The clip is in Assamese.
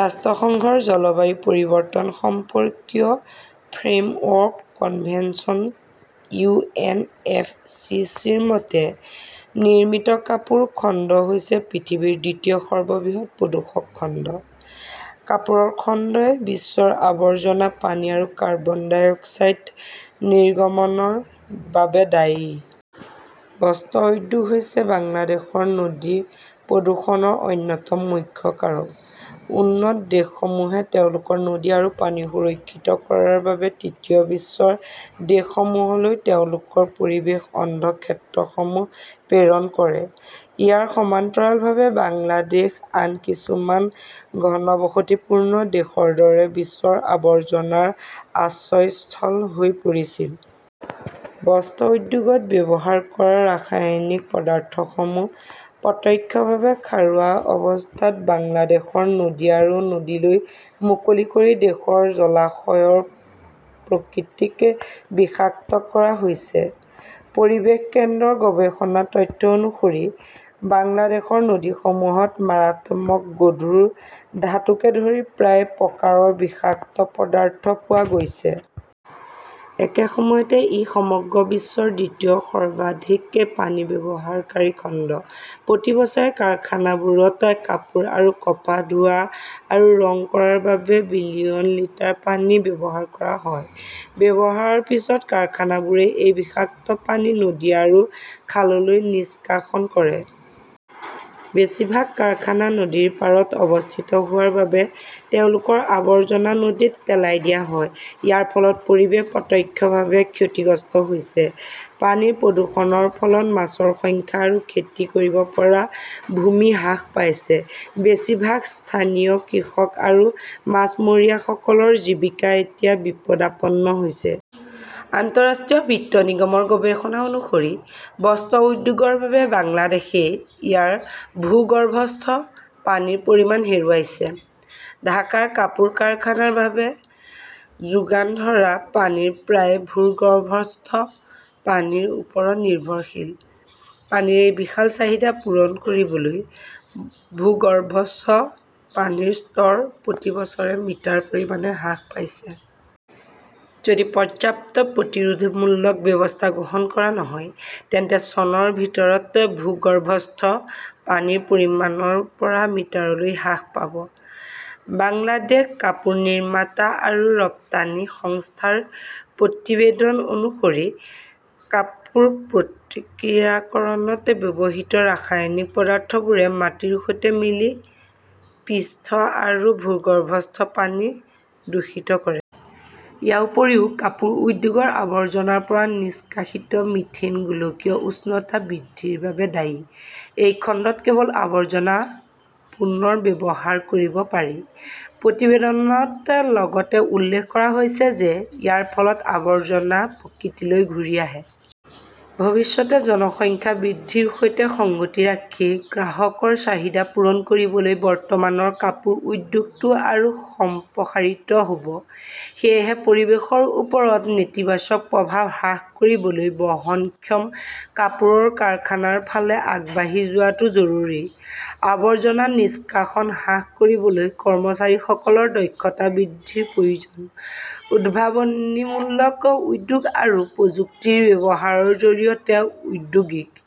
ৰাষ্ট্ৰসংঘৰ জলবায়ু পৰিৱৰ্তন সম্পৰ্কীয় framework convention U. N. F. C. C. -ৰ মতে, নিৰ্মিত কাপোৰ খণ্ড হৈছে পৃথিৱীৰ দ্বিতীয় সৰ্ববৃহৎ প্ৰদূষক খণ্ড। কাপোৰৰ খণ্ডই বিশ্বৰ আৱৰ্জনা পানী আৰু কাৰ্বন ডাই অক্সাইড নিৰ্গমনৰ বাবে দায়ী। বস্ত্ৰ উদ্যোগ হৈছে বাংলাদেশৰ নদী প্ৰদূষণৰ অন্যতম মুখ্য কাৰক। উন্নত দেশসমূহে তেওঁলোকৰ নদী আৰু পানী সুৰক্ষিত কৰাৰ বাবে তৃতীয় বিশ্বৰ দেশসমূহলৈ তেওঁলোকৰ পৰিৱেশ অন্ধ ক্ষেত্ৰসমূহ প্ৰেৰণ কৰে। ইয়াৰ সমান্তৰালভাৱে বাংলাদেশ আন কিছুমান ঘনবসতিপূৰ্ণ দেশৰ দৰে বিশ্বৰ আৱৰ্জনাৰ আশ্ৰয়স্থল হৈ পৰিছিল। বস্ত্ৰ উদ্যোগত ব্যৱহাৰ কৰা ৰাসায়নিক পদাৰ্থসমূহ প্ৰত্যক্ষভাৱে খাৰুৱা অৱস্থাত বাংলাদেশৰ নদী আৰু নদীলৈ মুকলি কৰি দেশৰ জলাশয়ৰ প্ৰকৃতিক বিষাক্ত কৰা হৈছে। পৰিৱেশ কেন্দ্ৰৰ গৱেষণা তথ্য অনুসৰি, বাংলাদেশৰ নদীসমূহত মাৰাত্মক গধুৰ ধাতুকে ধৰি প্ৰায় প্ৰকাৰৰ বিষাক্ত পদাৰ্থ পোৱা গৈছে। একে সময়তে ই সমগ্ৰ বিশ্বৰ দ্বিতীয় সৰ্বাধিক পানী ব্যৱহাৰকাৰী খণ্ড। প্ৰতি বছৰে কাৰখানাবোৰত কাপোৰ আৰু কপাহ ধোৱা আৰু ৰং কৰাৰ বাবে বিলিয়ন লিটাৰ পানী ব্যৱহাৰ কৰা হয়। ব্যৱহাৰৰ পিছত কাৰখানাবোৰে এই বিষাক্ত পানী নদী আৰু খাললৈ নিষ্কাশন কৰে। বেছিভাগ কাৰখানা নদীৰ পাৰত অৱস্থিত হোৱাৰ বাবে তেওঁলোকৰ আৱৰ্জনা নদীত পেলাই দিয়া হয়। ইয়াৰ ফলত পৰিৱেশ প্ৰত্যক্ষভাৱে ক্ষতিগ্ৰস্ত হৈছে। পানীৰ প্ৰদূষণৰ ফলত মাছৰ সংখ্যা আৰু খেতি কৰিব পৰা ভূমি হ্ৰাস পাইছে। বেছিভাগ স্থানীয় কৃষক আৰু মাছমৰীয়াসকলৰ জীৱিকা এতিয়া বিপদাপন্ন হৈছে। আন্তঃৰাষ্ট্ৰীয় বিত্ত নিগমৰ গৱেষণা অনুসৰি, বস্ত্ৰ উদ্যোগৰ বাবে বাংলাদেশই ইয়াৰ ভূগৰ্ভস্থ পানীৰ পৰিমাণ হেৰুৱাইছে। ঢাকাৰ কাপোৰ কাৰখানাৰ বাবে যোগান ধৰা পানীৰ প্ৰায় ভূগৰ্ভস্থ পানীৰ ওপৰত নিৰ্ভৰশীল। পানীৰ এই বিশাল চাহিদা পূৰণ কৰিবলৈ, ভূগৰ্ভস্থ পানীৰ স্তৰ প্ৰতি বছৰে মিটাৰ পৰিমাণে হ্ৰাস পাইছে। যদি পৰ্যাপ্ত প্ৰতিৰোধমূলক ব্যৱস্থা গ্ৰহণ কৰা নহয়, তেন্তে চনৰ ভিতৰত ভূগৰ্ভস্থ পানীৰ পৰিমাণ ৰ পৰা মিটাৰলৈ হ্ৰাস পাব। বাংলাদেশ কাপোৰ নিৰ্মাতা আৰু ৰপ্তানি সংস্থাৰ প্ৰতিবেদন অনুসৰি কাপোৰ প্ৰক্ৰিয়াকৰণত ব্যৱহৃত ৰাসায়নিক পদাৰ্থবোৰে মাটিৰ সৈতে মিলি পৃষ্ঠ আৰু ভূগৰ্ভস্থ পানী দূষিত কৰে। ইয়াৰ উপৰিও কাপোৰ উদ্যোগৰ আৱৰ্জনাৰ পৰা নিষ্কাশিত মিথেন গোলকীয় উষ্ণতা বৃদ্ধিৰ বাবে দায়ী। এই খণ্ডত কেৱল আৱৰ্জনা পুনৰ ব্যৱহাৰ কৰিব পাৰি। প্ৰতিবেদনত লগতে উল্লেখ কৰা হৈছে যে ইয়াৰ ফলত আৱৰ্জনা প্ৰকৃতিলৈ ঘূৰি আহে। ভৱিষ্যতে জনসংখ্যা বৃদ্ধিৰ সৈতে সংগতি ৰাখি গ্ৰাহকৰ চাহিদা পূৰণ কৰিবলৈ বৰ্তমানৰ কাপোৰ উদ্যোগটো আৰু সম্প্ৰসাৰিত হ 'ব। সেয়েহে পৰিৱেশৰ ওপৰত নেতিবাচক প্ৰভাৱ হ্ৰাস কৰিবলৈ বহনক্ষম কাপোৰৰ কাৰখানাৰ ফালে আগবাঢ়ি যোৱাটো জৰুৰী। আৱৰ্জনা নিষ্কাশন হ্ৰাস কৰিবলৈ কৰ্মচাৰীসকলৰ দক্ষতা বৃদ্ধিৰ প্ৰয়োজন। উদ্ভাৱনীমূলক উদ্যোগ আৰু প্ৰযুক্তিৰ ব্যৱহাৰৰ জৰিয়তে ঔদ্যোগিক